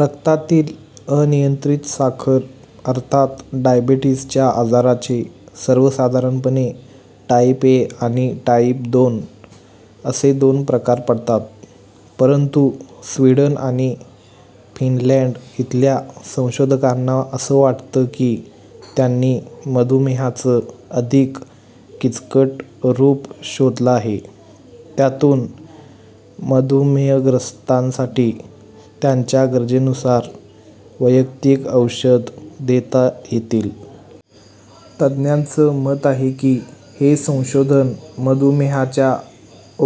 रक्तातील अनियंत्रित साखर अर्थात डायबेटिसच्या आजाराचे सर्वसाधारणपणे टाईप-एक आणि टाईप-दोन असे दोन प्रकार पडतात. परंतु स्वीडन आणि फिनलॅंड इथल्या संशोधकांना असं वाटतं की, त्यांनी मधुमेहाचं अधिक किचकट रूप शोधलं आहे. त्यातून मधुमेहग्रस्तांसाठी त्यांच्या गरजेनुसार वैयक्तिक औषधं देता येतील. तज्ज्ञांचं मत आहे की, हे संशोधन मधुमेहाच्या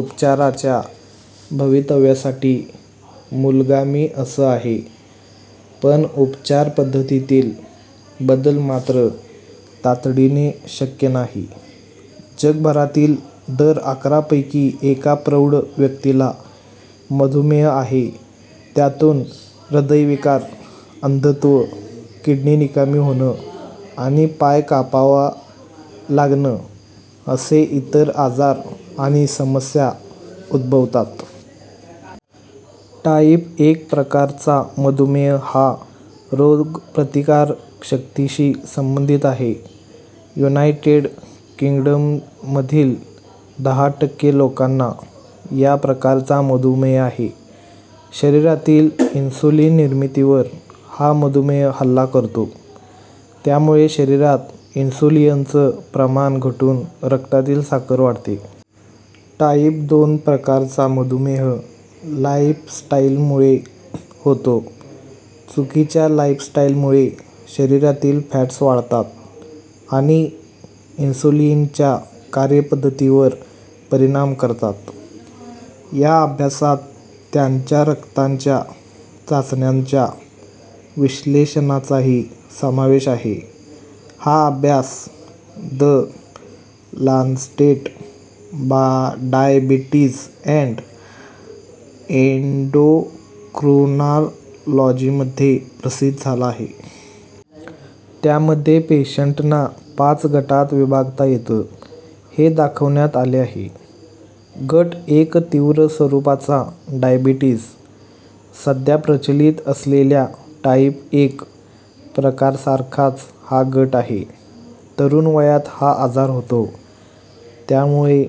उपचाराच्या भवितव्यासाठी मूलगामी असं आहे. पण उपचार पद्धतीतील बदल मात्र तातडीने शक्य नाही. जगभरातील दर अकरा पैकी एका प्रौढ व्यक्तीला मधुमेह आहे. त्यातून हृदयविकार, अंधत्व, किडनी निकामी होणं आणि पाय कापावा लागणं असे इतर आजार आणि समस्या उद्भवतात. टाईप एक प्रकारचा मधुमेह हा रोगप्रतिकार शक्तीशी संबंधित आहे. युनायटेड किंगडममधील दहा टक्के लोकांना या प्रकारचा मधुमेह आहे. शरीरातील इन्स्युलिन निर्मितीवर हा मधुमेह हल्ला करतो. त्यामुळे शरीरात इन्स्युलिनचं प्रमाण घटून रक्तातील साखर वाढते. टाईप दोन प्रकारचा मधुमेह लाईफस्टाईलमुळे होतो. चुकीच्या लाईफस्टाईलमुळे शरीरातील फॅट्स वाढतात आणि इन्सुलिनच्या कार्यपद्धतीवर परिणाम करतात. या अभ्यासात त्यांच्या रक्तांच्या चाचण्यांच्या विश्लेषणाचाही समावेश आहे. हा अभ्यास द लान्सेट डायबेटिस अॅंड एंडोक्रोनालॉजीमध्ये प्रसिद्ध झाला आहे. त्यामध्ये पेशंटना पाच गटात विभागता येतं हे दाखवण्यात आले आहे. गट एक तीव्र स्वरूपाचा डायबेटिस. सध्या प्रचलित असलेल्या टाईप एक प्रकारसारखाच हा गट आहे. तरुण वयात हा आजार होतो, त्यामुळे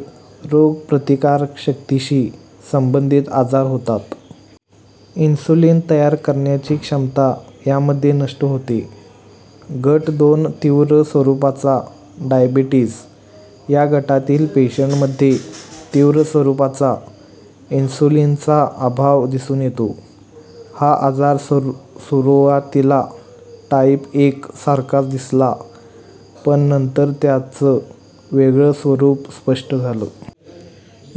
रोगप्रतिकार शक्तीशी संबंधित आजार होतात. इन्स्युलिन तयार करण्याची क्षमता यामध्ये नष्ट होते. गट दोन तीव्र स्वरूपाचा डायबेटिस. या गटातील पेशंटमध्ये तीव्र स्वरूपाचा इन्स्युलिनचा अभाव दिसून येतो. हा आजार सुरुवातीला टाईप एक सारखाच दिसला. पण नंतर त्याचं वेगळं स्वरूप स्पष्ट झालं.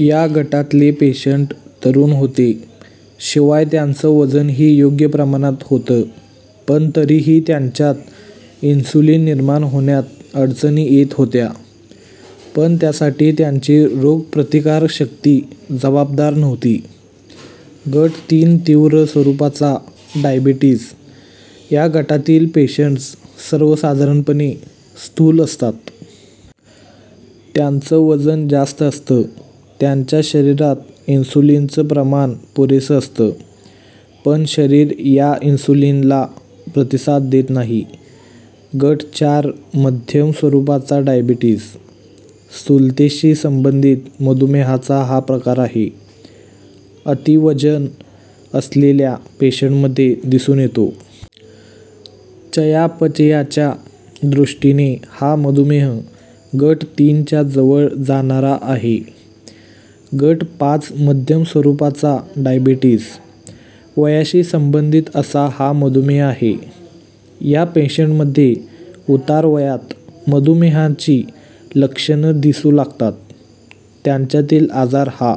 या गटातले पेशंट तरुण होते. शिवाय त्यांचं वजनही योग्य प्रमाणात होतं, पण तरीही त्यांच्यात इन्स्युलिन निर्माण होण्यात अडचणी येत होत्या. पण त्यासाठी त्यांची रोगप्रतिकार शक्ती जबाबदार नव्हती. गट तीन तीव्र स्वरूपाचा डायबेटिस. या गटातील पेशंट्स सर्वसाधारणपणे स्थूल असतात. त्यांचं वजन जास्त असतं. त्यांच्या शरीरात इन्स्युलिनचं प्रमाण पुरेसं असतं. पण शरीर या इन्स्युलिनला प्रतिसाद देत नाही. गट चार मध्यम स्वरूपाचा डायबेटिस. स्थूलतेशी संबंधित मधुमेहाचा हा प्रकार आहे. अतिवजन असलेल्या पेशंटमध्ये दिसून येतो. चयापचयाच्या दृष्टीने हा मधुमेह गट तीन च्या जवळ जाणारा आहे. गट पाच मध्यम स्वरूपाचा डायबेटिस. वयाशी संबंधित असा हा मधुमेह आहे. या पेशंटमध्ये उतार वयात मधुमेहाची लक्षणं दिसू लागतात. त्यांच्यातील आजार हा